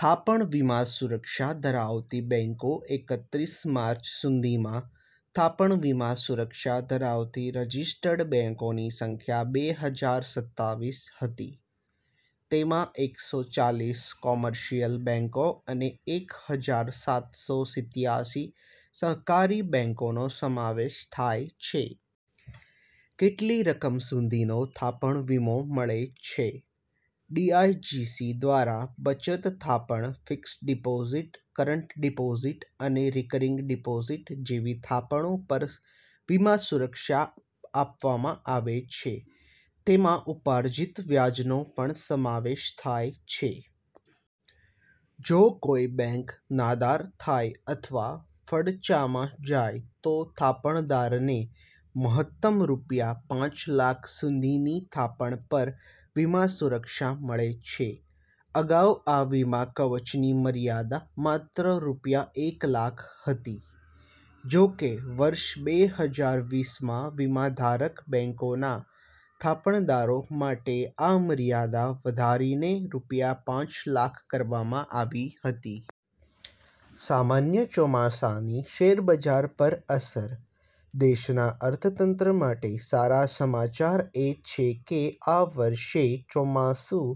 થાપણ વીમા સુરક્ષા ધરાવતી બેંકો એકત્રીસ માર્ચ સુધીમાં થાપણ વીમા સુરક્ષા ધરાવતી રજિસ્ટર્ડ બેંકોની સંખ્યા બે હજાર સત્તાવીસ હતી. તેમાં એકસો ચાલીસ કોમર્શિયલ બેંકો અને એક હજાર આઠસો સિત્યાસી સહકારી બેંકોનો સમાવેશ થાય છે. કેટલી રકમ સુધીનો થાપણ વીમો મળે છે? ડીઆઈસીજીસી દ્વારા બચત થાપણ, ફિક્સ્ડ ડિપોઝિટ, કરંટ ડિપોઝિટ અને રિકરિંગ ડિપોઝિટ જેવી થાપણો પર વીમા સુરક્ષા આપવામાં આવે છે. તેમાં ઉપાર્જિત વ્યાજનો પણ સમાવેશ થાય છે. જો કોઈ બેંક નાદાર થાય અથવા ફડચામાં જાય, તો થાપણદારને મહત્તમ રૂપિયા પાંચ લાખ સુધીની થાપણ પર વીમા સુરક્ષા મળે છે. અગાઉ આ વીમા કવચની મર્યાદા માત્ર રૂપિયા એક લાખ હતી. જોકે, વર્ષ બે હજાર વીસમાં વીમાધારક બેંકોના થાપણદારો માટે આ મર્યાદા વધારીને રૂપિયા પાંચ લાખ કરવામાં આવી હતી. સામાન્ય ચોમાસાની શેરબજાર પર અસર દેશના અર્થતંત્ર માટે સારા સમાચાર એ છે કે આ વર્ષે ચોમાસું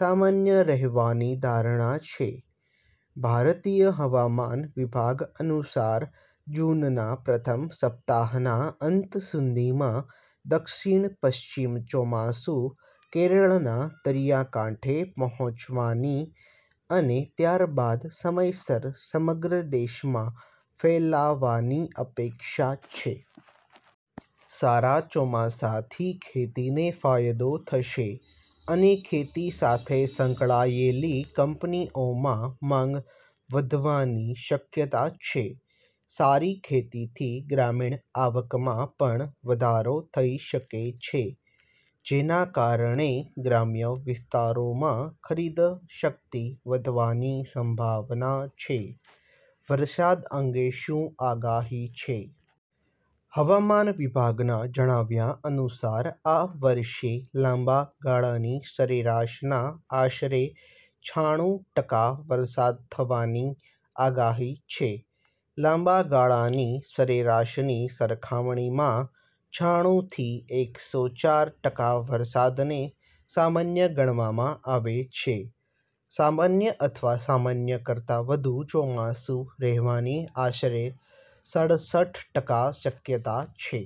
સામાન્ય રહેવાની ધારણા છે. ભારતીય હવામાન વિભાગ અનુસાર, જૂનના પ્રથમ સપ્તાહના અંત સુધીમાં દક્ષિણ-પશ્ચિમ ચોમાસું કેરળના દરિયાકાંઠે પહોંચવાની અને ત્યારબાદ સમયસર સમગ્ર દેશમાં ફેલાવાની અપેક્ષા છે. સારા ચોમાસાથી ખેતીને ફાયદો થશે અને ખેતી સાથે સંકળાયેલી કંપનીઓમાં માંગ વધવાની શક્યતા છે. સારી ખેતીથી ગ્રામીણ આવકમાં પણ વધારો થઈ શકે છે, જેના કારણે ગ્રામ્ય વિસ્તારોમાં ખરીદશક્તિ વધવાની સંભાવના છે. વરસાદ અંગે શું આગાહી છે? હવામાન વિભાગના જણાવ્યા અનુસાર, આ વર્ષે લાંબા ગાળાની સરેરાશના આશરે છાણું ટકા વરસાદ થવાની આગાહી છે. લાંબા ગાળાની સરેરાશની સરખામણીમાં છાણુંથી એકસો ચાર ટકા વરસાદને સામાન્ય ગણવામાં આવે છે. સામાન્ય અથવા સામાન્ય કરતાં વધુ ચોમાસું રહેવાની આશરે સડસઠ ટકા શક્યતા છે.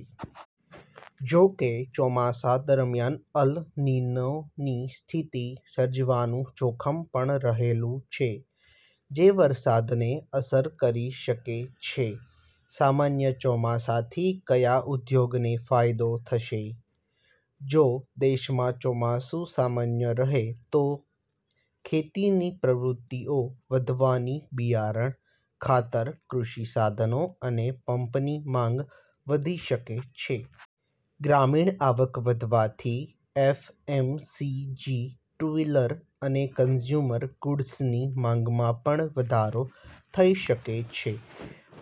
જોકે, ચોમાસા દરમિયાન અલ નીનોની સ્થિતિ સર્જાવાનું જોખમ પણ રહેલું છે, જે વરસાદને અસર કરી શકે છે. સામાન્ય ચોમાસાથી કયા ઉદ્યોગોને ફાયદો થશે? જો દેશમાં ચોમાસું સામાન્ય રહે, તો ખેતીની પ્રવૃત્તિઓ વધવાથી બિયારણ, ખાતર, કૃષિ સાધનો અને પંપની માંગ વધી શકે છે. ગ્રામીણ આવક વધવાથી એફએમસીજી, ટુ-વ્હીલર અને કન્ઝ્યુમર ગુડ્સની માંગમાં પણ વધારો થઈ શકે છે.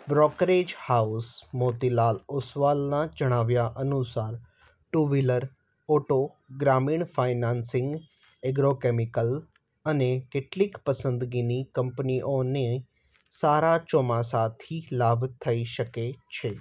બ્રોકરેજ હાઉસ મોતીલાલ ઓસવાલના જણાવ્યા અનુસાર, ટુ-વ્હીલર, ઓટો, ગ્રામીણ ફાઇનાન્સિંગ, એગ્રોકેમિકલ અને કેટલીક પસંદગીની કંપનીઓને સારા ચોમાસાથી લાભ થઈ શકે છે.